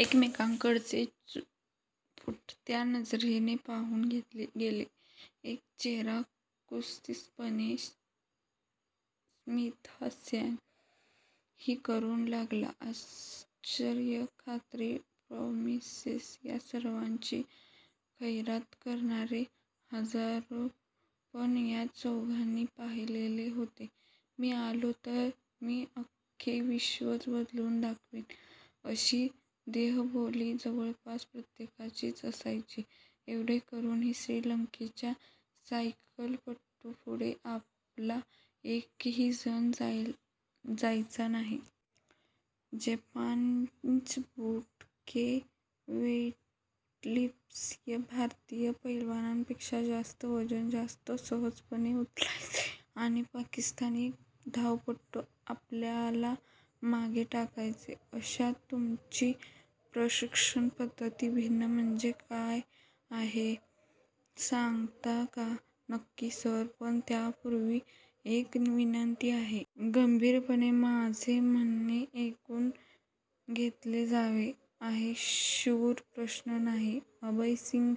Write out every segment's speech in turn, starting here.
एकमेकांकडे चुटपुटत्या नजरेने पाहून घेतले गेले. एक चेहरा कुत्सितपणे स्मितहास्यही करू लागला. आश्वासने खात्री प्रॉमिसेस या सर्वांची खैरात करणारे हजारोजण या चौघांनी पाहिलेले होते. मी आलो तर मी अख्खे विश्वच बदलून दाखवेन अशी देहबोली जवळपास प्रत्येकाचीच असायची, एवढे करूनही श्रीलंकेच्या सायकलपटूंपुढे आपला एकहीजण जायचा नाही. जॅपनीज बुटके वेटलिफ्टर्स भारतीय पैलवानांपेक्षा जास्त वजन जास्त सहजपणे उचलायचे आणि पाकिस्तानी धावपटू आपल्याला मागे टाकायचे. "अच्छा, तुमची प्रशिक्षण पद्धती भिन्न म्हणजे काय आहे सांगता का? " "नक्की सर, पण त्यापूर्वी एक विनंती आहे." "गंभीरपणे माझे म्हणणे ऐकून घेतले जावे " "ओह शुअर, प्रश्नच नाही "। अभय सिंग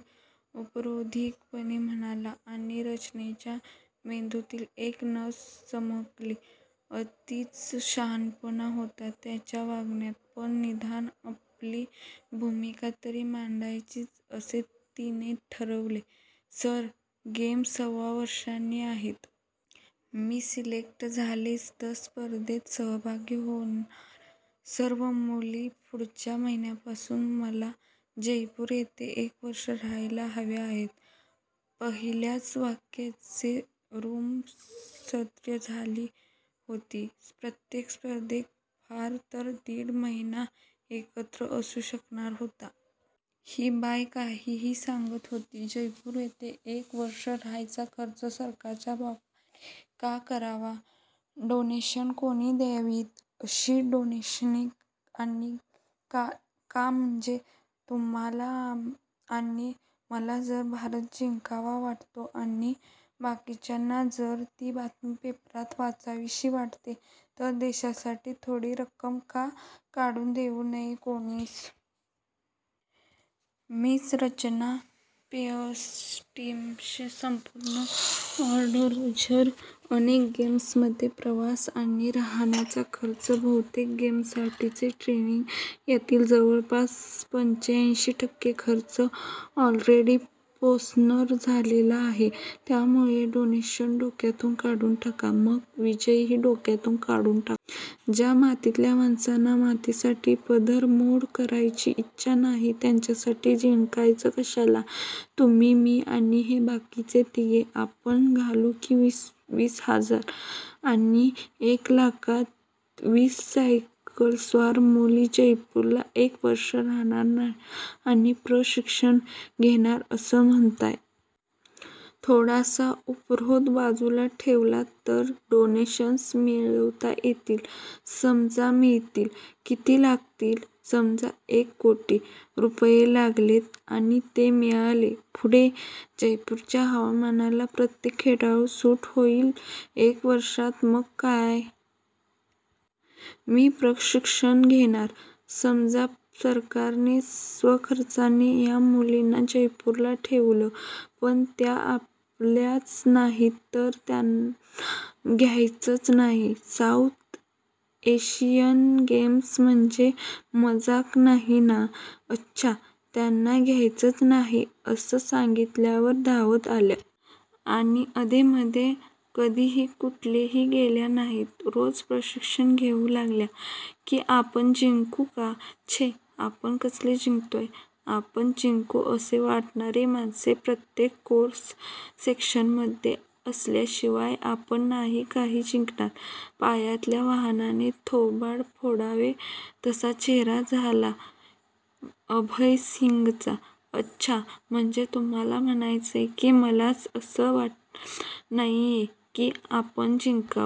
उपरोधिकपणे म्हणाला आणि रचनाच्या मेंदूतील एक नस चमकली अतीच शहाणपणा होता. त्याच्या वागण्यात पण निदान आपली भूमिका तरी मांडायचीच असे तिने ठरवले "सर, गेम्स सव्वा वर्षांनी आहेत. मी सिलेक्ट झालेच, तर स्पर्धेत सहभागी होणार्या सर्व मुली पुढच्या महिन्यापासून मला जयपूर येथे एक वर्ष राहायला हव्या आहेत. " पहिल्याच वाक्याने रूम सर्द झाली होती. प्रत्येक स्पर्धक फार तर दिड महिना एकत्र असू शकणार होता. ही बया काहीही सांगत होती. जयपूर येथे एक वर्ष राहायचा खर्च सरकारच्या बापाने का करावा? "डोनेशन्स, कोणी द्यावीत अशी डोनेशन्स? आणि का? " "का म्हणजे? तुम्हाला आणि मला जर भारत जिंकावा वाटतो आणि बाकीच्यांना जर ती बातमी पेपरात वाचावीशी वाटते तर देशासाठी थोडी रक्कम का काढून देऊ नये कोणीच? " "मिस रचना. प्लेयर्सचे टीशर्ट्स. संपूर्ण वॉर्डरोब्ज अनेक गेम्समध्ये प्रवास आणि राहण्याचा खर्च बहुतेक गेम्ससाठीचे ट्रेनिंग यातील जवळपास पंच्याऐंशी टक्के खर्च ऑलरेडी स्पॉन्सर झालेला आहे. त्यामुळे डोनेशन्स डोक्यातून काढून टाका." "मग विजयही डोक्यातून काढून टाका. ज्या मातीतल्या माणसांना मातीसाठी पदरमोड करायची इच्छा नाही. त्यांच्यासाठी जिंकायचं कशाला? तुम्ही मी आणि हे बाकीचे तिघे. आपण घालू की वीस वीस हजार? " "आणि एक लाखात वीस सायकलस्वार मुली जयपूरला एक वर्ष राहणार आणि प्रशिक्षण घेणार असं म्हणताय? " "थोडासा उपरोध बाजूला ठेवलात तर डोनेशन्स मिळवता येतील. " "समजा मिळवली. किती लागतील. समजा एक कोटी रुपये लागले. आणि ते मिळाले, पुढे? " "जयपूरच्या हवामानाला प्रत्येक खेळाडू सूट होईल एक वर्षात. " "मग काय? मी प्रशिक्षण घेणार, " "समजा सरकारनेच स्वखर्चाने या मुलींना जयपूरला ठेवलं. पण त्या आल्याच नाहीत. " "तर त्यांना घ्यायचंच नाही. साऊथ एशियन गेम्स म्हणजे मजाक नाही ना? " "अच्छा, त्यांना घ्यायचंच नाही. असं सांगितल्यावर धावत आल्या. आणि अधेमधे कधीही कुठेही गेल्या नाहीत. रोज प्रशिक्षण घेऊ लागल्या. की आपण जिंकू का? " "छे, आपण कसले जिंकतोय. आपण जिंकू असे वाटणारी माणसे प्रत्येक क्रॉस सेक्शनमध्ये असल्याशिवाय आपण नाही काही जिंकणार" पायातल्या वहाणेने थोबाड फोडावे तसा चेहरा झाला अभय सिंगचा "अच्छा, म्हणजे तुम्हाला म्हणायचंय की मलाच असं वाटत नाहीये की आपण जिंकावं.